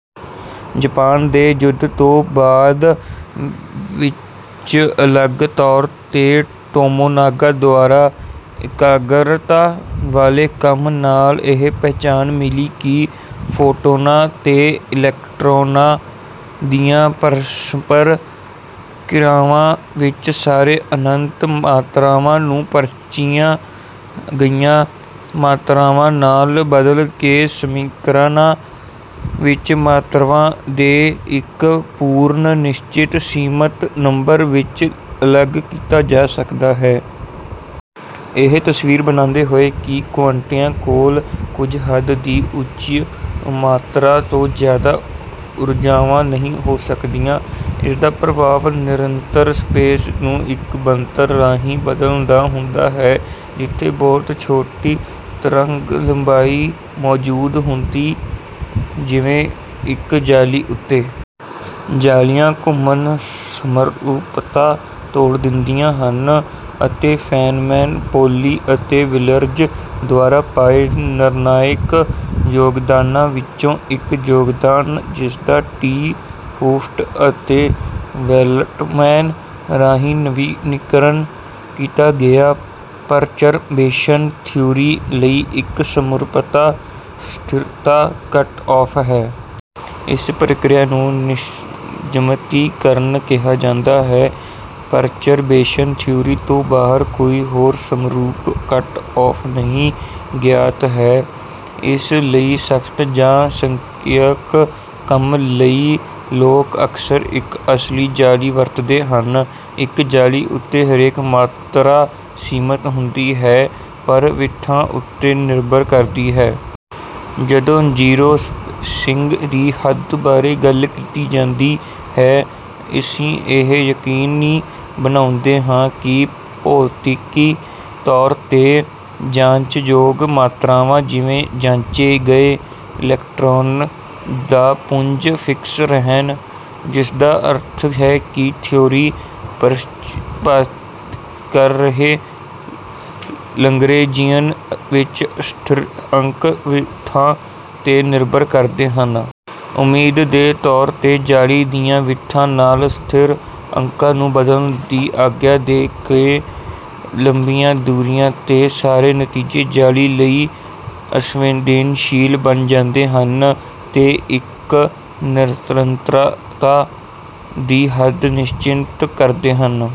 Japan ਦੇ ਯੁੱਧ ਤੋਂ ਬਾਅਦ ਵਿੱਚ ਅਲੱਗ ਤੌਰ ਤੇ ਟੋਮੋਨਾਗਾ ਦੁਆਰਾ ਇਕਾਗਰਤਾ ਵਾਲੇ ਕੰਮ ਨਾਲ ਇਹ ਪਛਾਣ ਮਿਲੀ ਕਿ ਫੋਟੌਨਾਂ ਤੇ ਇਲੈਕਟ੍ਰੋਨਾਂ ਦੀਆਂ ਪਰਸਪਰ ਕ੍ਰਿਆਵਾਂ ਵਿੱਚ ਸਾਰੇ ਅਨੰਤ ਮਾਤਰਾਵਾਂ ਨੂੰ ਪਰਖੀਆਂ ਗਈਆਂ ਮਾਤਰਾਵਾਂ ਨਾਲ ਬਦਲ ਕੇ ਸਮੀਕਰਨਾਂ ਵਿੱਚ ਮਾਤਰਾਵਾਂ ਦੇ ਇੱਕ ਪੁਨਰ-ਨਿਸ਼ਚਿਤ ਸੀਮਤ ਨੰਬਰ ਵਿੱਚ ਅਲੱਗ ਕੀਤਾ ਜਾ ਸਕਦਾ ਹੈ। ਇਹ ਤਸਵੀਰ ਬਣਾਉਂਦੇ ਹੋਏ ਕਿ ਕੁਆਂਟਿਆਂ ਕੋਲ ਕੁੱਝ ਹੱਦ ਦੀ ਉੱਚ ਮਾਤਰਾ ਤੋਂ ਜ਼ਿਆਦਾ ਊਰਜਾਵਾਂ ਨਹੀਂ ਹੋ ਸਕਦੀਆਂ। ਇਸਦਾ ਪ੍ਰਭਾਵ ਨਿਰੰਤਰ ਸਪੇਸ ਨੂੰ ਇੱਕ ਬਣਤਰ ਰਾਹੀਂ ਬਦਲਣ ਦਾ ਹੁੰਦਾ ਹੈ ਜਿੱਥੇ ਬਹੁਤ ਛੋਟੀ ਤਰੰਗ ਲੰਬਾਈ ਮੌਜੂਦ ਨਹੀਂ ਹੁੰਦੀ ਜਿਵੇਂ ਇੱਕ ਜਾਲੀ ਉੱਤੇ। ਜਾਲੀਆਂ ਘੁੰਮਣ ਸਮਰੂਪਤਾ ਤੋੜ ਦਿੰਦੀਆਂ ਹਨ। ਅਤੇ ਫੇਨਮੈਨ ਪੌਲੀ ਅਤੇ ਵਿੱਲਰਜ਼ ਦੁਆਰਾ ਪਾਏ ਨਿਰਣਾਇਕ ਯੋਗਦਾਨਾਂ ਵਿੱਚੋਂ ਇੱਕ ਯੋਗਦਾਨ ਜਿਸਦਾ 'ਟੀ' ਹੂਫਟ ਅਤੇ ਵੈਲੱਟਮੈਨ ਰਾਹੀਂ ਨਵੀਨੀਕਰਨ ਕੀਤਾ ਗਿਆ ਪਰਚਰਬੇਸ਼ਨ ਥਿਊਰੀ ਲਈ ਇੱਕ ਸਮਰੂਪਤਾ ਸਥਿਰਤਾ ਕੱਟ-ਔਫ ਹੈ। ਇਸ ਪ੍ਰਕ੍ਰਿਆ ਨੂੰ ਨਿਯਮਤੀਕਰਨ ਕਿਹਾ ਜਾਂਦਾ ਹੈ। ਪਰਚਰਬੇਸ਼ਨ ਥਿਊਰੀ ਤੋਂ ਬਾਹਰ ਕੋਈ ਹੋਰ ਸਮਰੂਪ ਕੱਟ-ਔਫ ਨਹੀਂ ਗਿਆਤ ਹੈ ਇਸ ਲਈ ਸਖਤ ਜਾਂ ਸੰਖਿਅਕ ਕੰਮ ਲਈ ਲੋਕ ਅਕਸਰ ਇੱਕ ਅਸਲੀ ਜਾਲੀ ਵਰਤਦੇ ਹਨ। ਇੱਕ ਜਾਲੀ ਉੱਤੇ ਹਰੇਕ ਮਾਤਰਾ ਸੀਮਤ ਹੁੰਦੀ ਹੈ ਪਰ ਵਿੱਥਾਂ ਉੱਤੇ ਨਿਰਭਰ ਕਰਦੀ ਹੈ। ਜਦੋਂ ਜ਼ੀਰੋ ਸਪੇਸਿੰਗ ਦੀ ਹੱਦ ਬਾਰੇ ਗੱਲ ਕੀਤੀ ਜਾਂਦੀ ਹੈ ਅਸੀਂ ਇਹ ਯਕੀਨੀ ਬਣਾਉਂਦੇ ਹਾਂ ਕਿ ਭੌਤਿਕੀ ਤੌਰ ਤੇ ਜਾਂਚਯੋਗ ਮਾਤਰਾਵਾਂ ਜਿਵੇਂ ਜਾਂਚੇ ਗਏ ਇਲੈਕਟ੍ਰੌਨ ਦਾ ਪੁੰਜ ਫਿਕਸ ਰਹਿਣ। ਜਿਸਦਾ ਅਰਥ ਹੈ ਕਿ ਥਿਊਰੀ ਪਰਿਭਾਸ਼ਿਤ ਕਰ ਰਹੇ ਲਗਰੇਂਜੀਅਨ ਵਿੱਚ ਸਥਿਰ ਅੰਕ ਵਿੱਥਾਂ ਤੇ ਨਿਰਭਰ ਕਰਦੇ ਹਨ। ਉਮੀਦ ਦੇ ਤੌਰ ਤੇ ਜਾਲੀ ਦੀਆਂ ਵਿੱਥਾਂ ਨਾਲ ਸਥਿਰ ਅੰਕਾਂ ਨੂੰ ਬਦਲਣ ਦੀ ਆਗਿਆ ਦੇ ਕੇ ਲੰਬੀਆਂ ਦੂਰੀਆਂ ਤੇ ਸਾਰੇ ਨਤੀਜੇ ਜਾਲੀ ਲਈ ਅਸੰਵੇਦਨਸ਼ੀਲ ਬਣ ਜਾਂਦੇ ਹਨ ਤੇ ਇੱਕ ਨਿਰੰਤਰਤਾ ਦੀ ਹੱਦ ਨਿਸ਼ਚਿਤ ਕਰਦੇ ਹਨ।